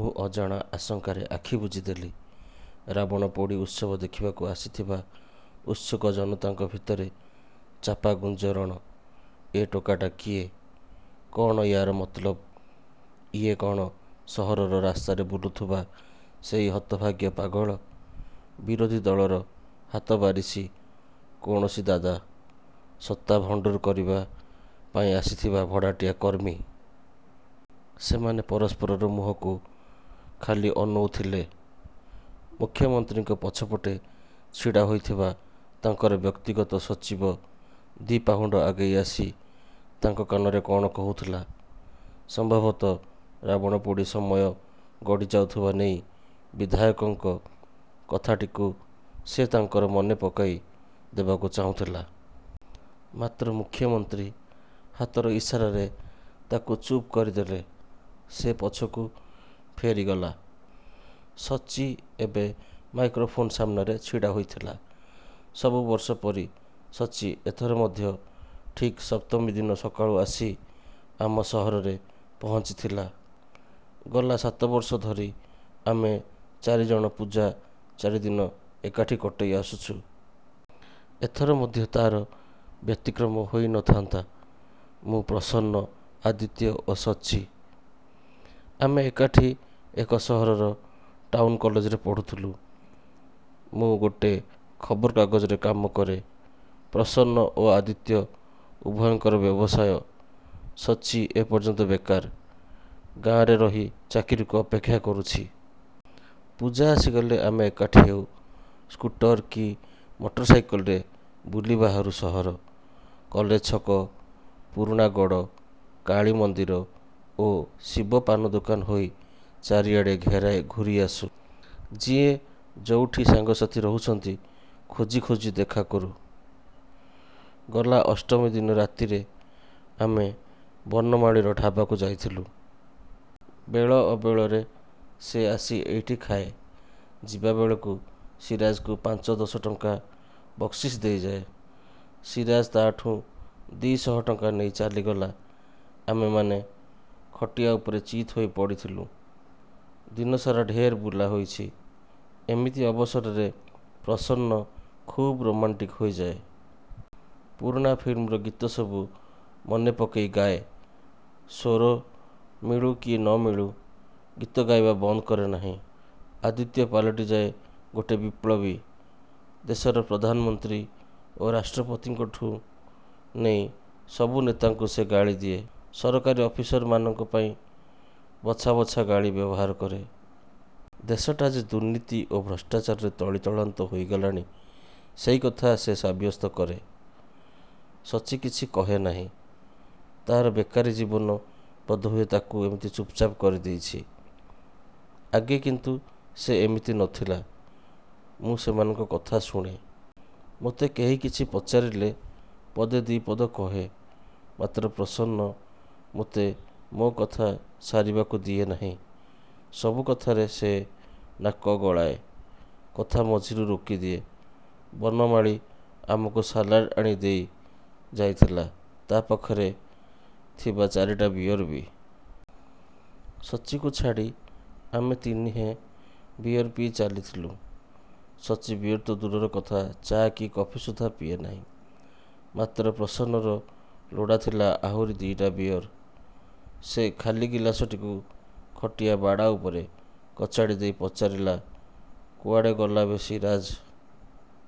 ମୁଁ ଅଜଣା ଆଶଙ୍କାରେ ଆଖି ବୁଜିଦେଲି। ରାବଣପୋଡ଼ି ଉତ୍ସବ ଦେଖିବାକୁ ଆସିଥିବା ଉତ୍ସୁକ ଜନତାଙ୍କ ଭିତରେ ଚାପା ଗୁଞ୍ଜରଣ–ଏ ଟୋକାଟା କିଏ? କଣ ୟାର ମତଲବ? ଇଏ କଣ ସହରର ରାସ୍ତାରେ ବୁଲୁଥିବା ସେଇ ହତଭାଗ୍ୟ ପାଗଳ? ବିରୋଧୀ ଦଳର ହାତବାରିସି କୌଣସି ଦାଦା? ସତ୍ତା ଭଣ୍ଡୁର କରିବା ପାଇଁ ଆସିଥିବା ଭଡ଼ାଟିଆ କର୍ମୀ? ସେମାନେ ପରସ୍ପରର ମୁହଁକୁ ଖାଲି ଅନଉଥିଲେ। ମୁଖ୍ୟମନ୍ତ୍ରୀଙ୍କ ପଛପଟେ ଛିଡ଼ା ହୋଇଥିବା ତାଙ୍କର ବ୍ୟକ୍ତିଗତ ସଚିବ ଦି ପାହୁଣ୍ଡ ଆଗେଇ ଆସି ତାଙ୍କ କାନରେ କଣ କହୁଥୁଲା। ସମ୍ଭବତଃ ରାବଣପୋଡ଼ି ସମୟ ଗଡ଼ିଯାଉଥିବା ନେଇ ବିଧାୟକଙ୍କ କଥାଟିକୁ ସେ ତାଙ୍କର ମନେ ପକେଇ ଦେବାକୁ ଚାହୁଁଥୁଲା। ମାତ୍ର ମୁଖ୍ୟମନ୍ତ୍ରୀ ହାତର ଇସାରାରେ ତାକୁ ଚୁପ୍ କରିଦେଲେ। ସେ ପଛକୁ ଫେରିଗଲା। ସଚ୍ଚି ଏବେ ମାଇକ୍ରୋଫୋନ ସାମ୍ନାରେ ଛିଡ଼ା ହୋଇଥିଲା। ସବୁ ବର୍ଷ ପରି ସଚ୍ଚି ଏଥର ମଧ୍ୟ ଠିକ୍ ସପ୍ତମୀ ଦିନ ସକାଳୁ ଆସି ଆମ ସହରରେ ପହଞ୍ଚିଥିଲା। ଗଲା ସାତବର୍ଷ ଧରି ଆମେ ଚାରିଜଣ ପୂଜା ଚାରିଦିନ ଏକାଠି କଟେଇ ଆସୁଛୁ। ଏଥର ମଧ୍ୟ ତାର ବ୍ୟତିକ୍ରମ ହୋଇ ନଥାନ୍ତା। ମୁଁ, ପ୍ରସନ୍ନ, ଆଦିତ୍ୟ ଓ ସଚ୍ଚି। ଆମେ ଏକାଠି ଏଇ ସହରର ଟାଉନ୍ କଲେଜରେ ପଢ଼ୁଥିଲୁ। ମୁଁ ଗୋଟେ ଖବରକାଗଜରେ କାମ କରେ। ପ୍ରସନ୍ନ ଓ ଆଦିତ୍ୟ ଉଭୟଙ୍କର ବ୍ୟବସାୟ। ସଚ୍ଚି ଏ ପର୍ଯ୍ୟନ୍ତ ବେକାର। ଗାଁରେ ରହି ଚାକିରିକୁ ଅପେକ୍ଷା କରୁଛି। ପୂଜା ଆସିଗଲେ ଆମେ ଏକାଠି ହେଉ। ସ୍କୁଟର କି ମଟର ସାଇକଲରେ ବୁଲି ବାହାରୁ ସହର। କଲେଜ ଛକ, ପୁରୁଣାଗଡ଼, କାଳୀ ମନ୍ଦିର ଓ ଶିବ ପାନଦୋକାନ ହୋଇ ଚାରିଆଡ଼େ ଘେରାଏ ଘୂରିଆସୁ। ଯିଏ ଯୋଉଠି ସାଙ୍ଗସାଥୀ ରହୁଛନ୍ତି ଖୋଜି ଖୋଜି ଦେଖାକରୁ। ଗଲା ଅଷ୍ଟମୀ ଦିନ ରାତିରେ ଆମେ ବନମାଳୀର ଢାବାକୁ ଯାଇଥିଲୁ। ବେଳ ଅବେଳରେ ସେ ଆସି ଏଇଠି ଖାଏ। ଯିବାବେଳକୁ ସିରାଜକୁ ପାଞ୍ଚ ଦଶ ଟଙ୍କା ବକ୍ସିସ୍ ଦେଇଥାଏ। ସିରାଜ ତାଠୁଁ ଦି ଶହ ଟଙ୍କା ନେଇ ଚାଲିଗଲା। ଆମେମାନେ ଖଟିଆ ଉପରେ ଚିତ୍ ହୋଇ ପଡ଼ିଥିଲୁ। ଦିନସାରା ଢେର୍ ବୁଲା ହୋଇଛି। ଏମିତି ଅବସରରେ ପ୍ରସନ୍ନ ଖୁବ୍ ରୋମାଣ୍ଟିକ୍ ହୋଇଯାଏ। ପୁରୁଣା ଫିଲ୍ମର ଗୀତ ସବୁ ମନେପକେଇ ଗାଏ। ସ୍ୱର ମିଳୁ କି ନମିଳୁ ଗୀତ ଗାଇବା ବନ୍ଦ କରେ ନାହିଁ। ଆଦିତ୍ୟ ପାଲଟିଯାଏ ଗୋଟେ ବିପ୍ଳବୀ। ଦେଶର ପ୍ରଧାନମନ୍ତ୍ରୀ ଓ ରାଷ୍ଟ୍ରପତିଙ୍କଠୁଁ ନେଇ ସବୁ ନେତାଙ୍କୁ ସେ ଗାଳିଦିଏ। ସରକାରୀ ଅଫିସରମାନଙ୍କ ପାଇଁ ବଛା ବଛା ଗାଳି ବ୍ୟବହାର କରେ। ଦେଶଟା ଯେ ଦୁର୍ନୀତି ଓ ଭ୍ରଷ୍ଟାଚାରରେ ତଳିତଳାନ୍ତ ହୋଇଗଲାଣି, ସେଇକଥା ସେ ସାବ୍ୟସ୍ତ କରେ। ସଚ୍ଚି କିଛି କହେ ନାହିଁ। ତାର ବେକାରୀ ଜୀବନ ବୋଧହୁଏ ତାକୁ ଏମିତି ଚୁପ୍‌ଚାପ୍ କରି ଦେଇଛି। ଆଗେ କିନ୍ତୁ ସେ ଏମିତି ନ ଥିଲା। ମୁଁ ସେମାନଙ୍କ କଥା ଶୁଣେ। ମୋତେ କେହି କିଛି ପଚାରିଲେ ପଦେ ଦି ପଦ କହେ। ମାତ୍ର ପ୍ରସନ୍ନ ମୋତେ ମୋ କଥା ସାରିବାକୁ ଦିଏ ନାହିଁ। ସବୁ କଥାରେ ସେ ନାକ ଗଳାଏ। କଥା ମଝିରୁ ରୋକିଦିଏ। ବନମାଳୀ ଆମକୁ ସାଲାଡ ଆଣି ଦେଇ ଯାଇଥିଲା। ତା ପାଖରେ ଥିବା ଚାରିଟା ବିଅର ବି। ସଚ୍ଚିକୁ ଛାଡ଼ି ଆମେ ତିନିହେଁ ବିଅର ପିଇ ଚାଲିଥିଲୁ। ସଚ୍ଚି ବିଅର ତ ଦୂରର କଥା, ଚା କି କଫି ସୁଦ୍ଧା ପିଏ ନାହିଁ। ମାତ୍ର ପ୍ରସନ୍ନର ଲୋଡ଼ା ଥିଲା ଆହୁରି ଦିଇଟା ବିଅର। ସେ ଖାଲି ଗିଲାସଟିକୁ ଖଟିଆ ବାଡ଼ା ଉପରେ କଚାଡ଼ି ଦେଇ ପଚାରିଲା, "କୁଆଡ଼େ ଗଲା ବେ ସିରାଜ!"।